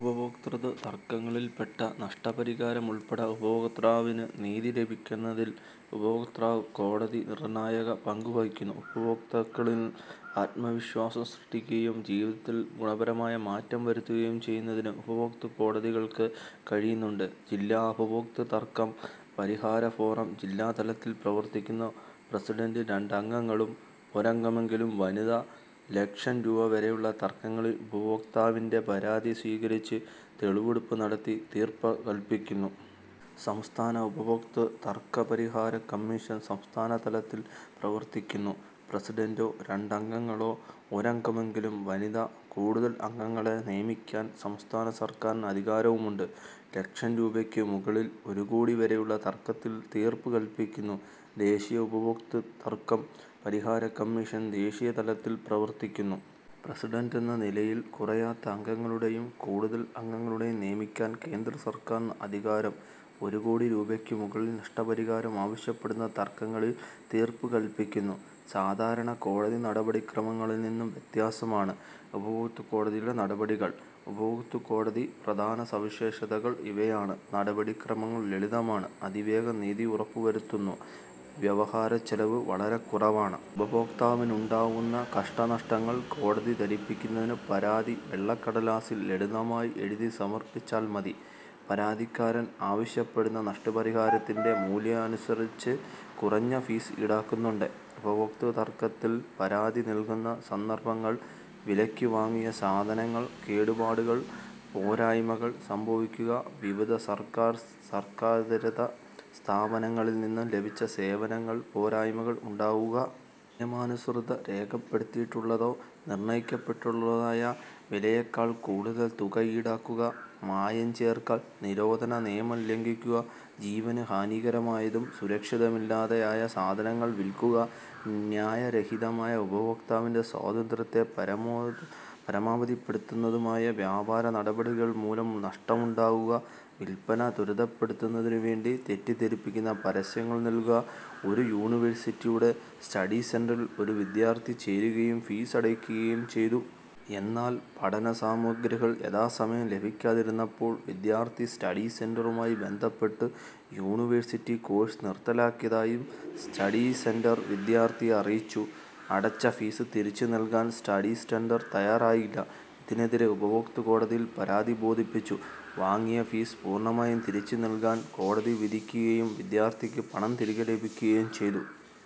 ഉപഭോക്തൃ തർക്കങ്ങളിലിടപെട്ട് നഷ്ടപരിഹാരമുൾപ്പെടെ ഉപഭോക്താവിന് നീതി ലഭ്യമാക്കുന്നതിൽ ഉപഭോക്തൃകോടതികൾ നിർണായക പങ്ക് വഹിക്കുന്നു. ഉപഭോക്താക്കളിൽ ആത്മവിശ്വാസം സൃഷ്ടിക്കുകയും ജീവിതത്തിൽ ഗുണപരമായ മാറ്റം വരുത്തുകയും ചെയ്യുന്നതിന് ഉപഭോക്തൃകോടതികൾക്ക് കഴിയുന്നുണ്ട്. ജില്ലാ ഉപഭോക്തൃ തർക്ക പരിഹാര ഫോറം ജില്ലാതലത്തിൽ പ്രവർത്തിക്കുന്നു. പ്രസിഡന്റും രണ്ട് അംഗങ്ങളും. ഒരംഗമെങ്കിലും വനിത. ലക്ഷം രൂപ വരെയുള്ള തർക്കങ്ങളിൽ ഉപഭോക്താവിന്റെ പരാതി സ്വീകരിച്ച് തെളിവെടുപ്പ് നടത്തി തീർപ്പുകൽപ്പിക്കുന്നു. സംസ്ഥാന ഉപഭോക തർക്കപരിഹാര കമ്മീഷൻ- സംസ്ഥാനതലത്തിൽ പ്രവർത്തിക്കുന്നു. പ്രസിഡന്റും രണ്ട് അംഗങ്ങളും. ഒരംഗമെങ്കിലും വനിത. കൂടുതൽ അംഗങ്ങളെ നിയമിക്കാൻ സംസ്ഥാന സർക്കാരിന് അധികാരമുണ്ട്. ലക്ഷം രൂപയ്ക്ക് മുകളിൽ ഒരു കോടി വരെയുള്ള തർക്കങ്ങളിൽ തീർപ്പ് കൽപ്പിക്കുന്നു. ദേശീയ ഉപഭോക്തൃ തർക്ക പരിഹാര കമ്മീഷൻ- ദേശീയതലത്തിൽ പ്രവർത്തിക്കുന്നു. പ്രസിഡന്റും നാലിൽ കുറയാത്ത അംഗങ്ങളും. കൂടുതൽ അംഗങ്ങളെ നിയമിക്കാൻ കേന്ദ്രസർക്കാരിന് അധികാരം. ഒരു കോടി രൂപയ്ക്കുമുകളിൽ നഷ്ടപരിഹാരം ആവശ്യപ്പെടുന്ന തർക്കങ്ങളിൽ തീർപ്പു കൽപ്പിക്കുന്നു. സാധാരണ കോടതി നടപടിക്രമങ്ങളിൽനിന്ന് വ്യത്യസ്തമാണ് ഉപഭോക്തൃകോടതികളുടെ നടപടിക്രമങ്ങൾ. ഉപഭോക്തൃകോടതികളുടെ പ്രധാന സവിശേഷതകൾ ഇവയാണ്: നടപടിക്രമങ്ങൾ ലളിതമാണ്. അതിവേഗം നീതി ഉറപ്പുവരുത്തുന്നു. വ്യവഹാരച്ചെലവ് വളരെ കുറവാണ്. ഉപഭോക്താവിനുണ്ടാവുന്ന കഷ്ടനഷ്ടങ്ങൾ കോടതിയെ ധരിപ്പിക്കുന്നതിന് പരാതി വെള്ളക്കടലാസിൽ ലളിതമായി എഴുതി സമർപ്പിച്ചാൽ മതി. പരാതിക്കാരൻ ആവശ്യപ്പെടുന്ന നഷ്ടപരിഹാരത്തിന്റെ മൂല്യമനുസരിച്ച് കുറഞ്ഞ ഫീസ് ഈടാക്കുന്നുണ്ട്. ഉപഭോക്തൃതർക്കത്തിൽ പരാതി നൽകാവുന്ന സന്ദർഭങ്ങൾ: വിലയ്ക്കു വാങ്ങിയ സാധനത്തിന് കേടുപാടുകൾ പോരായ്മകൾ സംഭവിക്കുക. വിവിധ സർക്കാർ സർക്കാരിതര/സ്വകാര്യസ്ഥാപനങ്ങളിൽ നിന്ന് ലഭിച്ച സേവനത്തിന് പോരായ്മകൾ ഉണ്ടാവുക. നിയമാനുസൃതം രേഖപ്പെടുത്തിയിട്ടുള്ളതോ നിർണയിക്കപ്പെട്ടിട്ടുള്ളതോ ആയ വിലയേക്കാൾ കൂടുതൽ തുക ഈടാക്കുക. മായം ചേർക്കൽ നിരോധനനിയമം ലംഘിക്കുക. ജീവന് ഹാനികരമായതോ സുരക്ഷിതമല്ലാത്തതോ ആയ സാധനങ്ങൾ വിൽക്കുക. ന്യായരഹിതവും ഉപഭോക്താവിന്റെ സ്വാതന്ത്ര്യത്തെ പരിമിതപ്പെടുത്തുന്നതുമായ വ്യാപാര നടപടികൾ മൂലം നഷ്ടമുണ്ടാവുക. വിൽപ്പന ത്വരിതപ്പെടുന്നതിനു വേണ്ടി തെറ്റിദ്ധരിപ്പിക്കുന്ന പരസ്യങ്ങൾ നൽകുക. ഒരു യൂണിവേഴ്സിറ്റിയുടെ സ്റ്റഡി സെന്ററിൽ ഒരു വിദ്യാർഥി ചേരുകയും ഫീസടയ്ക്കുകയും ചെയ്തു. എന്നാൽ പഠനസാമഗ്രികൾ യഥാസമയം ലഭിക്കാതിരുന്നപ്പോൾ വിദ്യാർഥി സ്റ്റഡി സെന്ററുമായി ബന്ധപ്പെട്ടു. യൂണി വേഴ്സിറ്റി കോഴ്സ് നിർത്തലാക്കിയതായി സ്റ്റഡിസെന്റർ വിദ്യാർഥിയെ അറിയിച്ചു. അടച്ച ഫീസ് തിരിച്ചു നൽകാൻ സ്റ്റഡിസെന്റർ തയാറായില്ല. ഇതിനെതിരെ ഉപഭോക്തൃകോടതിയിൽ പരാതി ബോധിപ്പിച്ചു. വാങ്ങിയ ഫീസ് പൂർണമായി തിരിച്ചുനൽകാൻ കോടതി വിധിക്കുകയും വിദ്യാർഥിക്ക് പണം തിരികെ ലഭിക്കുകയും ചെയ്തു.